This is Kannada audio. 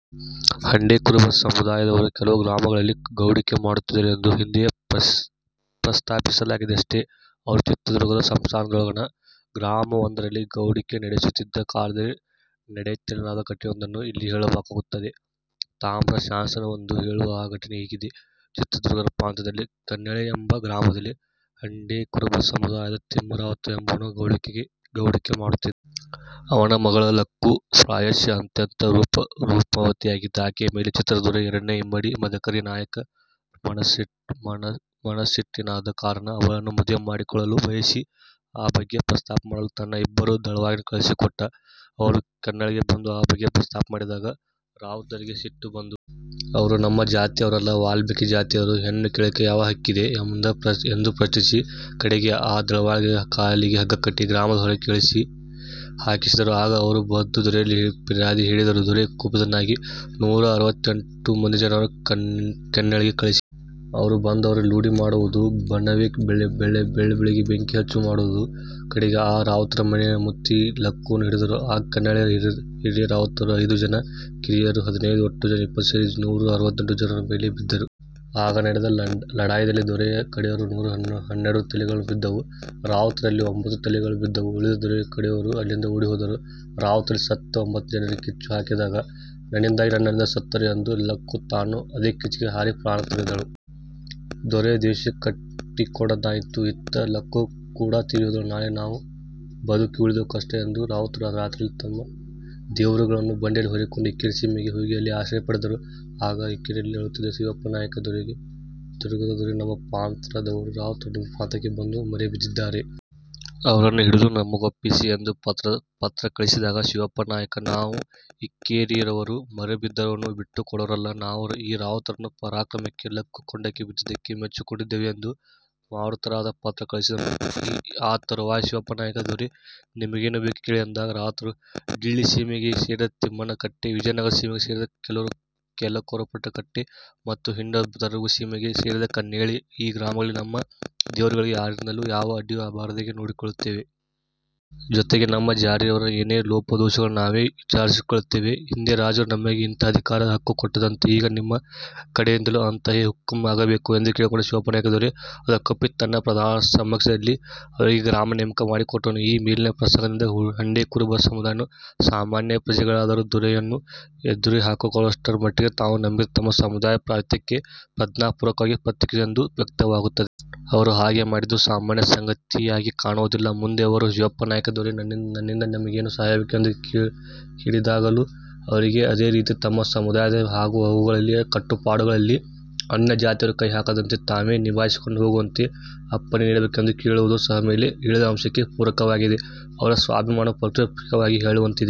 ಹಂಡೆ ಕುರುಬ ಸಮುದಾಯದವರು ಕೆಲವು ಗ್ರಾಮಗಳಲ್ಲಿ ಗೌಡಿಕೆ ಮಾಡುತ್ತಿದ್ದರೆಂದು ಹಿಂದೆಯೇ ಪ್ರಸ್ತಾಪಿಸಲಾಗಿದೆಯಷ್ಟೆ. ಅವರು ಚಿತ್ರದುರ್ಗ ಸಂಸ್ಥಾನದೊಳಗಣ ಗ್ರಾಮವೊಂದರಲ್ಲಿ ಗೌಡಿಕೆ ನಡೆಯಿಸುತ್ತಿದ್ದ ಕಾಲದಲ್ಲಿ ನಡೆಯಿತೆನ್ನಲಾದ ಘಟನೆಯೊಂದನ್ನು ಇಲ್ಲಿ ಹೇಳಬೇಕಾಗುತ್ತದೆ. ತಾಮ್ರ ಶಾಸನವೊಂದು ಹೇಳುವ ಆ ಘಟನೆ ಹೀಗಿದೆ: ಚಿತ್ರದುರ್ಗ ಪ್ರಾಂತದಲ್ಲಿ ಕೆನ್ನಳ್ಳಿ ಎಂಬ ಗ್ರಾಮದಲ್ಲಿ ಹಂಡೆಕುರುಬರ ಸಮುದಾಯದ ತಿಮ್ಮರಾವುತ ಎಂಬುವನು ಗೌಡಿಕೆ ಮಾಡುತ್ತಿದ್ದ. ಅವನ ಮಗಳು ಲಕ್ಕು. ಪ್ರಾಯಶಃ ಅತ್ಯಂತ ರೂಪವತಿಯಾಗಿದ್ದ ಆಕೆಯ ಮೇಲೆ ಚಿತ್ರದುರ್ಗದ ದೊರೆ ಎರಡನೇ ಇಮ್ಮಡಿ ಮದಕೇರಿ ನಾಯಕ ಮನಸ್ಸಿಟ್ಟನಾದ ಕಾರಣ ಅವಳನ್ನು ಮದುವೆ ಮಾಡಿಕೊಳ್ಳಲು ಬಯಸಿ, ಆ ಬಗ್ಗೆ ಪ್ರಸ್ತಾಪ ಮಾಡಲು ತನ್ನ ಇಬ್ಬರು ದಳವಾಯಿಗಳನ್ನು ಕಳಿಸಿಕೊಟ್ಟ. ಅವರು ಕೆನ್ನಳ್ಳಿಗೆ ಬಂದು ಈ ಬಗ್ಗೆ ಪ್ರಸ್ತಾಪ ಮಾಡಿದಾಗ ರಾವುತರಿಗೆ ಸಿಟ್ಟು ಬಂದು. ಅವರು "ನಮ್ಮ ಜಾತಿಯವರಲ್ಲಿ ವಾಲ್ಮೀಕಿ ಜಾತಿಯವರು ಹೆಣ್ಣು ಕೇಳಲಿಕ್ಕೆ ಯಾವ ಹಕ್ಕಿದೆ? " ಎಂದು ಪ್ರಶ್ನಿಸಿ, ಕಡೆಗೆ ಆ ದಳವಾಯಿಗಳ ಕಾಲಿಗೆ ಹಗ್ಗ ಕಟ್ಟಿ ಗ್ರಾಮದ ಹೊರಕ್ಕೆ ಎಳೆಸಿ ಹಾಕಿಸಿದರು. ಆಗ ಅವರು ಬಂದು ದೊರೆಯಲ್ಲಿ ಫಿರಿಯಾದಿ ಹೇಳಿದರು. ದೊರೆ ಕುಪಿತನಾಗಿ ನೂರ ಅರವತ್ತೆಂಟು ಮಂದಿ ಜವಾನರನ್ನು ಕೆನ್ನಳ್ಳಿಗೆ ಕಳಿಸಿದ. ಅವರು ಬಂದವರೇ ಲೂಡಿ ಮಾಡುವುದು, ಬಣವೆ ಬೆಳೆಗಳಿಗೆ ಬೆಂಕಿ ಹಚ್ಚುವುದು, ಮಾಡಿ ಕಡೆಗೆ ಆ ರಾವುತರ ಮನೆಯನ್ನು ಮುತ್ತಿ ಲಕ್ಕುವನ್ನು ಹಿಡಿದರು. ಆಗ ಕೆನ್ನಳ್ಳಿಯ ಹಿರಿಯರಾವುತರು ಐದು ಜನ, ಕಿರಿಯರು ಹದಿನೈದು ಜನ ಒಟ್ಟು ಇಪ್ಪತ್ತು ಜನ ಸೇರಿ ನೂರ ಅರವತ್ತೆಂಟು ಜವಾನರ ಮೇಲೆ ಬಿದ್ದರು. ಆಗ ನಡೆದ ಲಡಾಯದಲ್ಲಿ ದೊರೆಯ ಕಡೆಯವರು ನೂರ ಹನ್ನೆರಡು ತಲೆಗಳು ಬಿದ್ದವು; ರಾವುತರಲ್ಲಿ ಒಂಭತ್ತು ತಲೆಗಳು ಬಿದ್ದವು. ಉಳಿದ ದೊರೆಯ ಕಡೆಯವರು ಅಲ್ಲಿಂದ ಓಡಿ ಹೋದರು. ರಾವುತರಲ್ಲಿ ಸತ್ತ ಒಂಭತ್ತು ಜನರಿಗೆ ಕಿಚ್ಚು ಹಾಕಿದಾಗ, "ನನ್ನಿಂದಾಗಿ ನನ್ನ ಅಣ್ಣಂದಿರು ಸತ್ತರು" ಎಂದು ಲಕ್ಕು ತಾನೂ ಅದೇ ಕಿಚ್ಚಿಗೆ ಹಾರಿ ಪ್ರಾಣ ತೊರೆದಳು. "ದೊರೆಯ ದ್ವೇಷ ಕಟ್ಟಿಕೊಂಡದ್ದಾಯಿತು. ಇತ್ತ ಲಕ್ಕು ಕೂಡಾ ತೀರಿಹೋದಳು. ನಾಳೆ ನಾವು ಬದುಕಿ ಉಳಿಯುವುದು ಕಷ್ಟ" ಎಂದು ರಾವುತರು ರಾತ್ರಿಯಲ್ಲೇ ತಮ್ಮ ದೇವರುಗಳನ್ನು ಬಂಡಿಯಲ್ಲಿ ಹೇರಿಕೊಂಡು ಇಕ್ಕೇರಿ ಸೀಮೆಗೆ ಹೋಗಿ ಅಲ್ಲಿ ಆಶ್ರಯ ಪಡೆದರು. ಆಗ ಇಕ್ಕೇರಿಯಲ್ಲಿ ಆಳುತ್ತಿದ್ದ ಶಿವಪ್ಪನಾಯಕ ದೊರೆಗೆ ದುರ್ಗದ ದೊರೆ "ನಮ್ಮ ಪ್ರಾಂತದ ರಾವುತರು ನಿಮ್ಮ ಪ್ರಾಂತಕ್ಕೆ ಬಂದು ಮರೆಬಿದ್ದಿದ್ದಾರೆ. ಅವರನ್ನು ಹಿಡಿದು ನಮಗೊಪ್ಪಿಸಿ" ಎಂದು ಪತ್ರ ಕಳಿಸಿದಾಗ, ಶಿವಪ್ಪನಾಯಕ "ನಾವು ಇಕ್ಕೇರಿಯವರು, ಮರೆಬಿದ್ದವರನ್ನು ಬಿಟ್ಟುಕೊಡುವವರಲ್ಲ. ನಾವು ಈ ರಾವುತರ ಪರಾಕ್ರಮಕ್ಕೆ, ಲಕ್ಕು ಕೊಂಡಕ್ಕೆ ಬಿದ್ದದ್ದಕ್ಕೆ ಮೆಚ್ಚಿಕೊಂಡಿದ್ದೇವೆ" ಎಂದು ಮಾರುತ್ತರದ ಪತ್ರ ಕಳಿಸಿದನು. ಆ ತರುವಾಯ ಶಿವಪ್ಪನಾಯಕ ದೊರೆ "ನಿಮಗೇನು ಬೇಕೋ ಕೇಳಿ" ಎಂದಾಗ ರಾವುತರು "ಡಿಳ್ಳಿ ಸೀಮೆಗೆ ಸೇರಿದ ತಿಮ್ಮನ ಕಟ್ಟೆ, ವಿಜಯನಗರದ ಸೀಮೆಗೆ ಸೇರಿದ ಕೆಲಕೋಟೆಪುರ ಮತ್ತು ಹಿಡಂಬದುರ್ಗ ಸೀಮೆಗೆ ಸೇರಿದ ಕೆನ್ನಳ್ಳಿ, ಈ ಗ್ರಾಮಗಳಲ್ಲಿ ನಮ್ಮ ದೇವರುಗಳಿಗೆ ಯಾರಿಂದಲೂ ಯಾವ ಅಡ್ಡಿಯೂ ಬರದ ಹಾಗೆ ನೋಡಿಕೊಳ್ಳುತ್ತೇವೆ. ಜೊತೆಗೆ ನಮ್ಮ ಜಾರಿಯವರ ಏನೇ ಲೋಪದೋಷಗಳನ್ನೂ ನಾವೇ ವಿಚಾರಿಸಿಕೊಳ್ಳುತ್ತೇವೆ. ಹಿಂದೆ ರಾಜರು ನಮಗೆ ಇಂಥ ಅಧಿಕಾರ ಹಕ್ಕು ಕೊಟ್ಟಿದ್ದಂತೆ, ಈಗ ನಮ್ಮ ಕಡೆಯಿಂದಲೂ ಅಂಥದೇ ಹುಕುಂ ಆಗಬೇಕು" ಎಂದು ಕೇಳಿಕೊಂಡಾಗ ಶಿವಪ್ಪನಾಯಕ ದೊರೆ ಅದಕ್ಕೊಪ್ಪಿ ತನ್ನ ಪ್ರಧಾನದ ಸಮಕ್ಷಮದಲ್ಲಿ ಅವರಿಗೆ ಗ್ರಾಮ ನೇಮಕ ಮಾಡಿಕೊಟ್ಟನು. ಈ ಮೇಲಿನ ಪ್ರಸಂಗದಿಂದ ಹಂಡೆ ಕುರುಬ ಸಮುದಾಯದವರು ಸಾಮಾನ್ಯ ಪ್ರಜೆಗಳಾದರೂ, ದೊರೆಯನ್ನು ಎದುರುಹಾಕಿಕೊಳ್ಳುವಷ್ಟರ ಮಟ್ಟಿಗೆ ತಾವು ನಂಬಿದ್ದ ತಮ್ಮ ಸಮುದಾಯದ ಪಾವಿತ್ರ್ಯಕ್ಕೆ ಪ್ರಜ್ಞಾ ಪೂರ್ವಕವಾಗಿ ಪ್ರತಿಕ್ರಿಯಿಸುತ್ತಿದ್ದರೆಂದು ವ್ಯಕ್ತವಾಗುತ್ತದೆ. ಅವರು ಹಾಗೆ ಮಾಡಿದ್ದು ಸಾಮಾನ್ಯ ಸಂಗತಿಯಾಗಿ ಕಾಣುವುದಿಲ್ಲ. ಮುಂದೆ ಅವರು ಶಿವಪ್ಪನಾಯಕ ದೊರೆ "ನನ್ನಿಂದ ನಿಮಗೇನು ಸಹಾಯವಾಗಬೇಕು" ಎಂದು ಕೇಲಿದಾಗಲೂ ಅವರು ಅದೇ ರೀತಿ ತಮ್ಮ ಸಮುದಾಯದ ಆಗು-ಹೋಗುಗಳಲ್ಲಿ ಕಟ್ಟುಪಾಡುಗಳಲ್ಲಿ ಅನ್ಯಜಾತಿಯವರು ಕೈಹಾಕದಂತೆ, ತಾವೇ ನಿಭಾಯಿಸಿಕೊಂಡು ಹೋಗುವಂತೆ, ಅಪ್ಪಣೆ ನೀಡಬೇಕು ಎಂದು ಕೇಳುವುದು ಸಹ ಮೇಲೆ ಹೇಳಿದ ಅಂಶಕ್ಕೆ ಪೂರಕವಾಗಿದೆ. ಅವರ ಸ್ವಾಭಿಮಾನವನ್ನು ಪರೋಕ್ಷವಾಗಿ ಹೇಳುವಂತಿದೆ.